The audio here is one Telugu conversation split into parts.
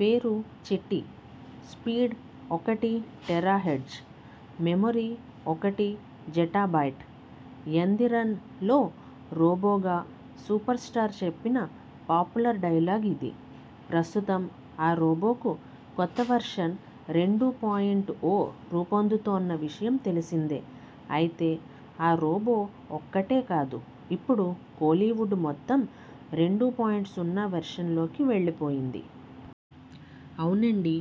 పేరు చిట్టి స్పీడ్ ఒకటి టెరాహెర్ట్జ్, మెమరీ ఒకటి జెటాబైట్'యందిరన్'లో రోబోగా సూపర్స్టార్ చెప్పిన పాపులర్ డైలాగ్ ఇది. ప్రస్తుతం ఆ రోబోకు కొత్త వెర్షన్ 'రెండు పాయింట్ ఓ' రూపొందుతోన్న విషయం తెలిసిందే. అయితే ఆ రోబో ఒక్కటే కాదు, ఇప్పుడు కోలీవుడ్ మొత్తం రెండు పాయింట్ సున్నా వెర్షన్లోకి వెళ్లిపోయింది. అవునండి,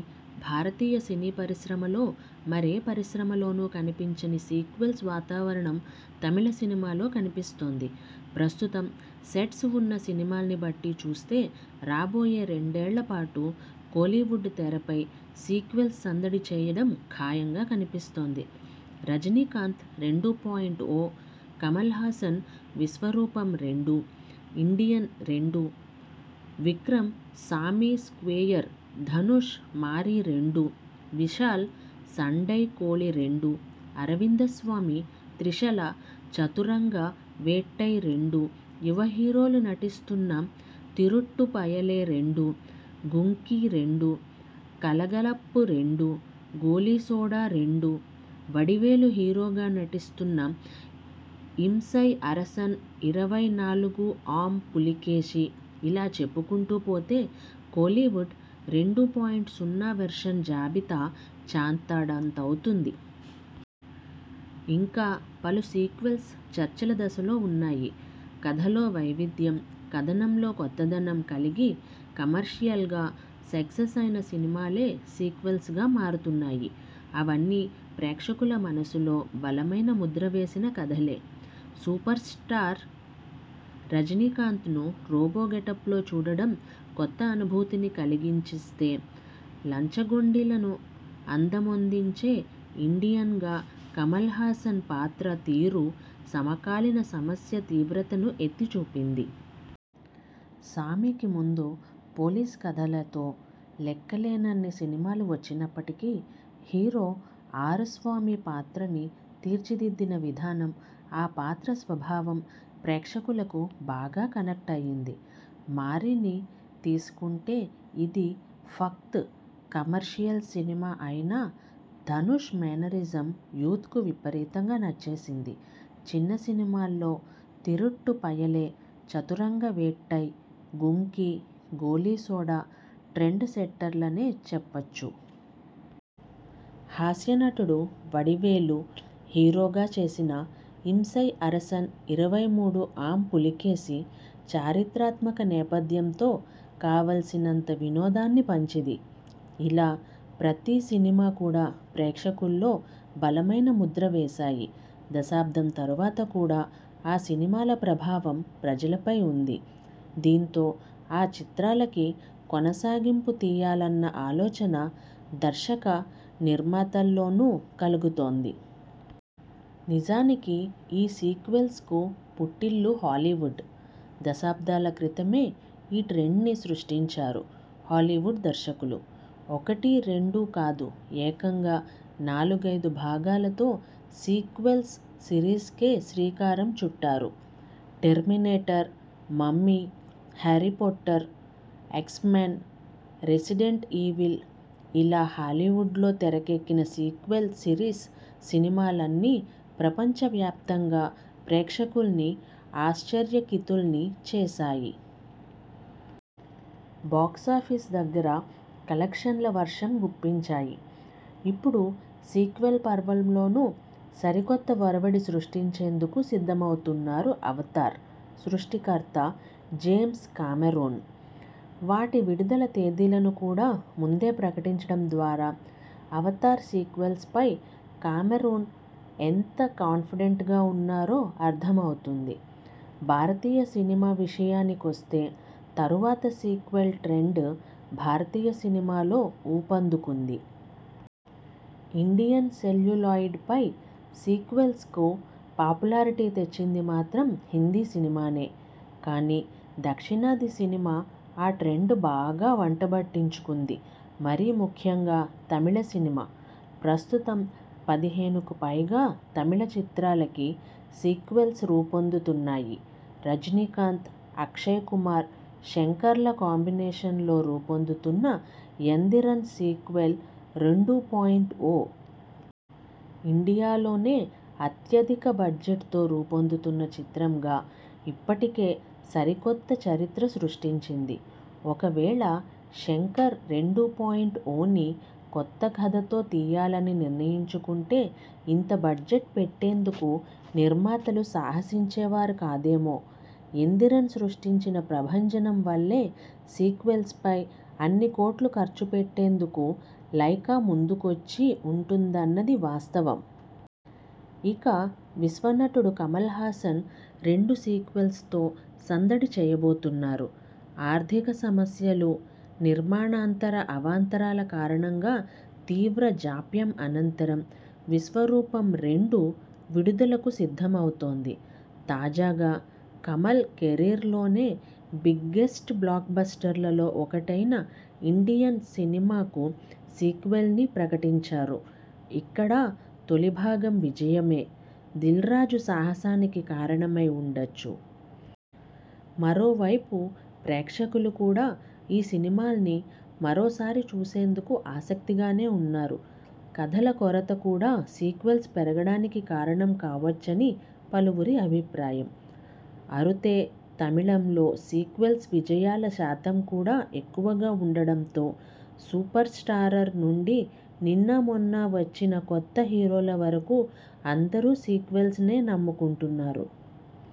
భారతీయ సినీ పరిశ్రమలో మరే పరిశ్రమలోనూ కనిపించని సీక్వెల్స్ వాతావరణం తమిళ సినిమాలో కనిపిస్తోంది. ప్రస్తుతం సెట్స్ ఉన్న సినిమాల్ని బట్టి చూస్తే రాబోయే రెండేళ్లపాటు కోలీవుడ్ తెరపై సీక్వెల్స్ సందడి చేయడం ఖాయంగా కనిపిస్తోంది. రజనీకాంత్ 'రెండు పాయింట్ ఓ', కమల్హాసన్ 'విశ్వరూపం-రెండు', 'ఇండియన్-రెండు', విక్రమ్ 'సామి స్క్వేయర్', ధనుష్ 'మారిరెండు' విశాల్ 'సండైకోళిరెండు', అరవింద్స్వామి త్రిషల 'చదురంగవేట్టైరెండు', యువ హీరోలు నటిస్తున్న 'తిరుట్టుపయలేరెండు', 'గుంకీరెండు', 'కలగలప్పురెండు', 'గోలీసోడారెండు', వడివేలు హీరోగా నటిస్తున్న 'ఇంసై అరసన్ ఇరవై నాలుగు ఆమ్ పులికేశి'ఇలా చెప్పుకుంటూ పోతే కోలీవుడ్ రెండు పాయింట్ సున్నా వెర్షన్ జాబితా చాంతాడంతవుతుంది. ఇంకా పలు సీక్వెల్స్ చర్చల దశలో ఉన్నాయి. కథలో వైవిధ్యం, కథనంలో కొత్త దనం కలిగి కమర్షియల్గా సక్సెస్ అయిన సినిమాలే సీక్వెల్స్గా మారుతున్నాయి. అవన్నీ ప్రేక్షకుల మనసులో బలమైన ముద్ర వేసిన కథలే. సూపర్స్టార్ రజనీకాంత్ను రోబో గెటప్లో చూడడం కొత్త అనుభూతిని కలిగించిస్తే, లంచగొండిలను అందమొందించే 'ఇండియన్'గా కమల్హాసన్ పాత్ర తీరు సమకాలీన సమస్య తీవ్రతను ఎత్తి చూపింది. 'సామి'కి ముందు పోలీసు కథలతో లెక్కలేనన్ని సినిమాలు వచ్చినప్పటికీ, హీరో ఆరుస్వామి పాత్రని తీర్చిదిద్దిన విధానం, ఆ పాత్ర స్వభావం ప్రేక్షకులకు బాగా కనెక్ట్ అయ్యింది. 'మారి'ని తీసుకుంటేఇది ఫక్త్ కమర్షియల్ సినిమా అయినా, ధనుష్ మేనరిజం యూత్కు విపరీతంగా నచ్చేసింది. చిన్న సినిమాల్లో 'తిరుట్టుపయలే', 'చదురంగవేట్టై', 'గుంకీ', 'గోలీసోడా' ట్రెండ్ సెట్టర్లనే చెప్పొచ్చు. హాస్యనటుడు వడివేలు హీరోగా చేసిన 'ఇంసై అరసన్ ఇరవై మూడుఆమ్ పులికేశి' చారిత్రాత్మక నేపథ్యంతో కావాల్సినంత వినోదాన్ని పంచిది. ఇలా ప్రతి సినిమా కూడా ప్రేక్షకుల్లో బలమైన ముద్ర వేశాయి. దశాబ్దం తరువాత కూడా ఆ సినిమాల ప్రభావం ప్రజలపై ఉంది. దీంతో ఆ చిత్రాలకి కొనసాగింపు తీయాలన్న ఆలోచన దర్శక, నిర్మాతల్లోను కలుగుతోంది. నిజానికి ఈ సీక్వెల్స్కు పుట్టిల్లు హాలీవుడ్. దశాబ్దాల క్రితమే ఈ ట్రెండ్ని సృష్టించారు హాలీవుడ్ దర్శకులు. ఒకటి, రెండు కాదుఏకంగా నాలుగైదు భాగాలతో సీక్వెల్స్ సిరీస్కే శ్రీకారం చుట్టారు. 'Terminator', 'Mummy', 'Harry Potter', 'X Men', 'Resident ఈవిల్'ఇలా హాలీవుడ్లో తెరకెక్కిన సీక్వెల్ సిరీస్ సినిమాలన్నీ ప్రపంచవ్యాప్తంగా ప్రేక్షకుల్ని ఆశ్చర్యకితుల్ని చేశాయి. బాక్సాఫీస్ దగ్గర కలెక్షన్ల వర్షం గుప్పించాయి. ఇప్పుడు సీక్వెల్ పర్వలంలోను సరికొత్త ఒరవడి సృష్టించేందుకు సిద్ధమవుతున్నారు 'అవతార్' సృష్టికర్త జేమ్స్ కామెరూన్. వాటి విడుదల తేదీలను కూడా ముందే ప్రకటించడం ద్వారా 'అవతార్' సీక్వెల్స్పై కామెరూన్ ఎంత కాన్ఫిడెంట్గా ఉన్నారో అర్ధమవుతుంది. భారతీయ సినిమా విషయాని కొస్తే తరువాత సీక్వెల్ ట్రెండ్ భారతీయ సినిమాలో ఊపందుకుంది. ఇండియన్ సెల్యులాయిడ్పై సీక్వెల్స్కు పాపులారిటీ తెచ్చింది మాత్రం హిందీ సినిమానే. కానీ, దక్షిణాది సినిమా ఆ ట్రెండ్ బాగా వంటబట్టించుకుంది మరీ ముఖ్యంగా తమిళ సినిమా. ప్రస్తుతం పదిహేనుకుపైగా తమిళ చిత్రాలకి సీక్వెల్స్ రూపొందుతున్నాయి. రజనీకాంత్, అక్షయ్ కుమార్, శంకర్ల కాంబినేషన్లో రూపొందుతున్న 'యందిరన్' సీక్వెల్ 'రెండు పాయింట్ ఓ' ఇండియాలోనే అత్యధిక బడ్జెట్ తో రూపొందుతున్న చిత్రంగా ఇప్పటికే సరికొత్త చరిత్ర సృష్టించింది. ఒకవేళ శంకర్ 'రెండు పాయింట్ ఓ'ని కొత్త కథతో తీయాలని నిర్ణయించుకుంటే ఇంత బడ్జెట్ పెట్టేందుకు నిర్మాతలు సాహసించేవారు కాదేమో. 'యందిరన్' సృష్టించిన ప్రభంజనం వల్లే సీక్వెల్పై అన్ని కోట్లు ఖర్చుపెట్టేందుకు లైకా ముందుకొచ్చి ఉంటుందన్నది వాస్తవం. ఇక విశ్వనటుడు కమల్హాసన్ రెండు సీక్వెల్స్తో సందడి చేయబోతున్నారు. ఆర్ధిక సమస్యలు, నిర్మాణాంతర అవాంతరాల కారణంగా తీవ్ర జాప్యం అనంతరం 'విశ్వరూపంరెండు' విడుదలకు సిద్ధమవుతోంది. తాజాగా కమల్ కెరీర్లోనే బిగ్గెస్ట్ బ్లాక్బస్టర్లలో ఒకటైన 'ఇండియన్' సినిమాకు సీక్వెల్నీ ప్రకటించారు. ఇక్కడా తొలి భాగం విజయమే దిల్రాజు సాహసానికి కారణమై ఉండొచ్చు. మరోవైపు ప్రేక్షకులు కూడా ఈ సినిమాల్ని మరోసారి చూసేందుకు ఆసక్తిగానే ఉన్నారు. కథల కొరత కూడా సీక్వెల్స్ పెరగడానికి కారణం కావొచ్చని పలువురి అభిప్రాయం. అరుతే తమిళంలో సీక్వెల్స్ విజయాల శాతం కూడా ఎక్కువగా ఉండడంతో సూపర్స్టారర్ నుండి నిన్న మొన్న వచ్చిన కొత్త హీరోల వరకు అందరూ సీక్వెల్స్నే నమ్ముకుంటున్నారు.